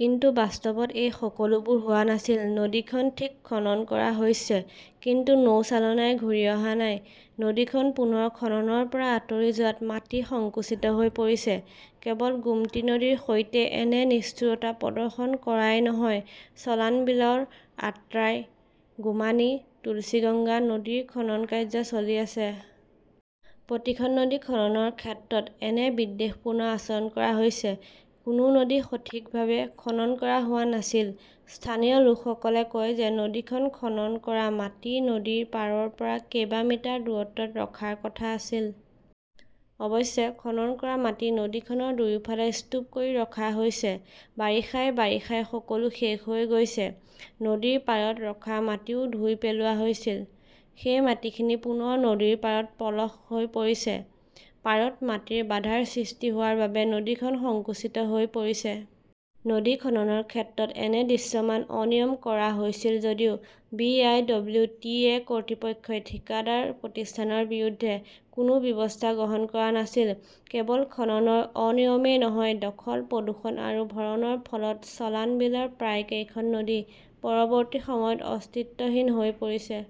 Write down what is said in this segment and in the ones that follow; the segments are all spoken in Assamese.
কিন্তু বাস্তৱত এই সকলোবোৰ হোৱা নাছিল। নদীখন ঠিক খনন কৰা হৈছে কিন্তু নৌচালনাই ঘূৰি অহা নাই । নদীখন পুনৰ খননৰ পৰা আঁতৰি যোৱাত মাটি সংকুচিত হৈ পৰিছে। কেৱল গোমতী নদীৰ সৈতে এনে নিষ্ঠুৰতা প্ৰদৰ্শন কৰাই নহয় চলানবিলৰ আট্ৰাই, গুমানী, তুলচিগঙ্গা নদীৰ খনন কাৰ্য চলি আছে। প্ৰতিখন নদী খননৰ ক্ষেত্ৰত এনে বিদ্বেষপূৰ্ণ আচৰণ কৰা হৈছে। কোনো নদী সঠিকভাৱে খনন কৰা হোৱা নাছিল। স্থানীয় লোকসকলে কয় যে নদীখন খনন কৰা মাটি নদীৰ পাৰৰ পৰা কেবা মিটাৰ দূৰত্বত ৰখাৰ কথা আছিল। অৱশ্যে, খনন কৰা মাটি নদীখনৰ দুয়োফালে স্তূপ কৰি ৰখা হৈছে। বাৰিষাই বাৰিষাই সকলো শেষ হৈ গৈছে। নদীৰ পাৰত ৰখা মাটিও ধুই পেলোৱা হৈছিল। সেই মাটিখিনি পুনৰ নদীৰ পাৰত পলস হৈ পৰিছে। পাৰত মাটিৰ বাধাৰ সৃষ্টি হোৱাৰ বাবে নদীখন সংকুচিত হৈ পৰিছে। নদী খননৰ ক্ষেত্ৰত এনে দৃশ্যমান অনিয়ম কৰা হৈছিল যদিও B. I. W. T. A. কৰ্তৃপক্ষই ঠিকাদাৰ প্ৰতিষ্ঠানৰ বিৰুদ্ধে কোনো ব্যৱস্থা গ্ৰহণ কৰা নাছিল। কেৱল খননৰ অনিয়মেই নহয়, দখল-প্ৰদূষণ আৰু ভৰণৰ ফলত চলানবিলৰ প্ৰায় কেইখন নদী পৰৱৰ্তী সময়ত অস্তিত্বহীন হৈ পৰিছে।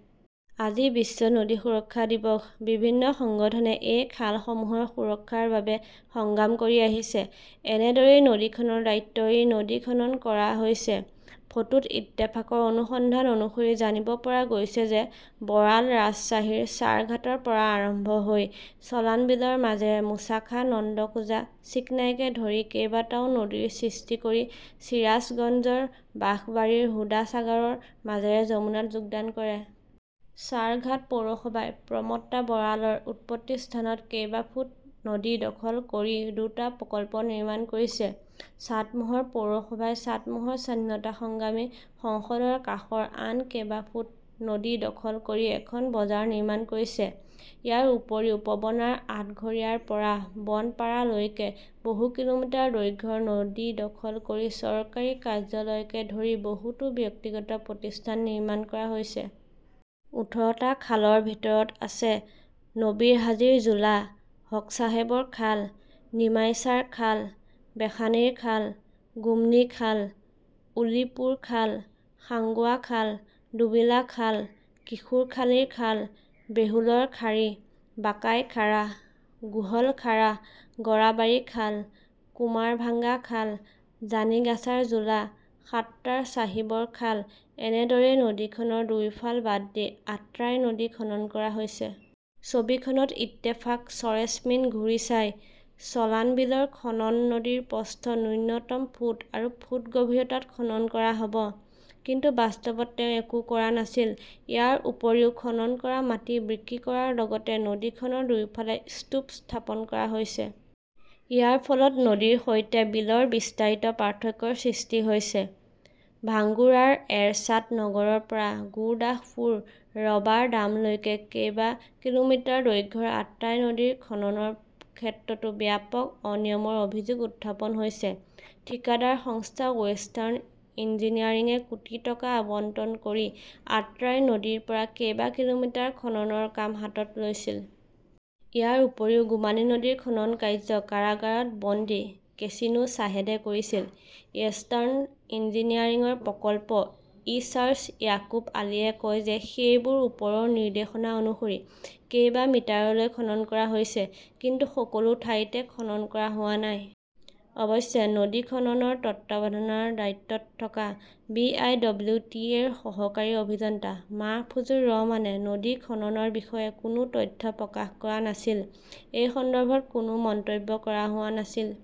আজি বিশ্ব নদী সুৰক্ষা দিৱস। বিভিন্ন সংগঠনে এই খালসমূহৰ সুৰক্ষাৰ বাবে সংগ্ৰাম কৰি আহিছে। এনেদৰেই নদীখনৰ দায়িত্ব এৰি নদী খনন কৰা হৈছে। ফটোত ইত্তেফাকৰ অনুসন্ধান অনুসৰি জানিব পৰা গৈছে যে বৰাল ৰাজশ্বাহীৰ চাৰঘাটৰ পৰা আৰম্ভ হৈ চলানবিলৰ মাজেৰে মুছাখা, নন্দকুজা, চিকনাইকে ধৰি কেইবাটাও নদীৰ সৃষ্টি কৰি চিৰাজগঞ্জৰ বাঘবাৰীৰ হুদাচাগৰৰ মাজেৰে যমুনাত যোগদান কৰে। চাৰঘাট পৌৰসভাই প্ৰমট্টা বৰালৰ উৎপত্তি স্থানত কেবা ফুট নদী দখল কৰি দুটা প্ৰকল্প নিৰ্মাণ কৰিছে। চাটমোহৰ পৌৰসভাই চাটমোহৰ স্বাধীনতা সংগ্ৰামী সংসদৰ কাষৰ আন কেবা ফুট নদী দখল কৰি এখন বজাৰ নিৰ্মাণ কৰিছে। ইয়াৰ উপৰিও পবনাৰ আটঘৰিয়াৰ পৰা বনপাৰালৈকে বহু কিলোমিটাৰ দৈৰ্ঘ্যৰ নদী দখল কৰি চৰকাৰী কাৰ্যালয়কে ধৰি বহুতো ব্যক্তিগত প্ৰতিষ্ঠান নিৰ্মাণ কৰা হৈছে। ওঠৰ টা খালৰ ভিতৰত আছে নবীৰহাজীৰ জোলা, হকছাহেবৰ খাল, নিমাইচাৰখাল, বেশানীৰখাল, গুমনীখাল, উলিপুৰখাল, সাঙ্গুৱাখাল, দোবিলাখাল, কিশোৰখালীৰ খাল, বেহুলৰখাড়ী, বাকাইখাড়া, গোহলখাড়া, গৰাবাৰী খাল, কুমাৰভাঙ্গাখাল, জানিগাছাৰ জোলা, সাত্টাৰ চাহিবৰ খাল । এনেদৰেই নদীখনৰ দুয়োফাল বাদ দি আট্ৰাই নদী খনন কৰা হৈছে। ছবিখনত ইত্তেফাক সৰেজমিন ঘূৰি চাই, চলানবিলৰ খনন নদীৰ প্ৰস্থ ন্যূনতম ফুট আৰু ফুট গভীৰতাত খনন কৰা হব। কিন্তু বাস্তৱত তেওঁ একো কৰা নাছিল। ইয়াৰ উপৰিও খনন কৰা মাটি বিক্ৰী কৰাৰ লগতে নদীখনৰ দুয়োফালে স্তূপ স্থাপন কৰা হৈছে। ইয়াৰ ফলত নদীৰ সৈতে বিলৰ বিস্তাৰিত পাৰ্থক্যৰ সৃষ্টি হৈছে। ভাঙ্গুৰাৰ এৰশ্বাদ নগৰৰ পৰা গুৰদাসপুৰ ৰবাৰডামলৈকে কেবা কিলোমিটাৰ দৈৰ্ঘ্যৰ আট্ৰাই নদীৰ খননৰ ক্ষেত্ৰতো ব্যাপক অনিয়মৰ অভিযোগ উত্থাপন হৈছে। ঠিকাদাৰ সংস্থা ৱেষ্টাৰ্ণ ইঞ্জিনিয়াৰিঙে কোটি টকা আবণ্টন কৰি আট্ৰাই নদীৰ পৰা কেবা কিলোমিটাৰ খননৰ কাম হাতত লৈছিল। ইয়াৰ উপৰিও গুমানী নদীৰ খনন কাৰ্য কাৰাগাৰত বন্দী কেছিনো শ্বাহেদে কৰিছিল। ৱেষ্টাৰ্ণ ইঞ্জিনিয়াৰিংৰ প্ৰকল্প ইচাৰ্জ ইয়াকুব আলীয়ে কয় যে সেইবোৰ ওপৰৰ নিৰ্দেশনা অনুসৰি কেবা মিটাৰলৈ খনন কৰা হৈছে। কিন্তু সকলো ঠাইতে খনন কৰা হোৱা নাই। অৱশ্যে, নদী খননৰ তত্বাৱধানৰ দায়িত্বত থকা B. I. W. T. A. ৰ সহকাৰী অভিযন্তা মাহফুজুৰ ৰহমানে নদী খননৰ বিষয়ে কোনো তথ্য প্ৰকাশ কৰা নাছিল। এই সন্দৰ্ভত কোনো মন্তব্য কৰা হোৱা নাছিল।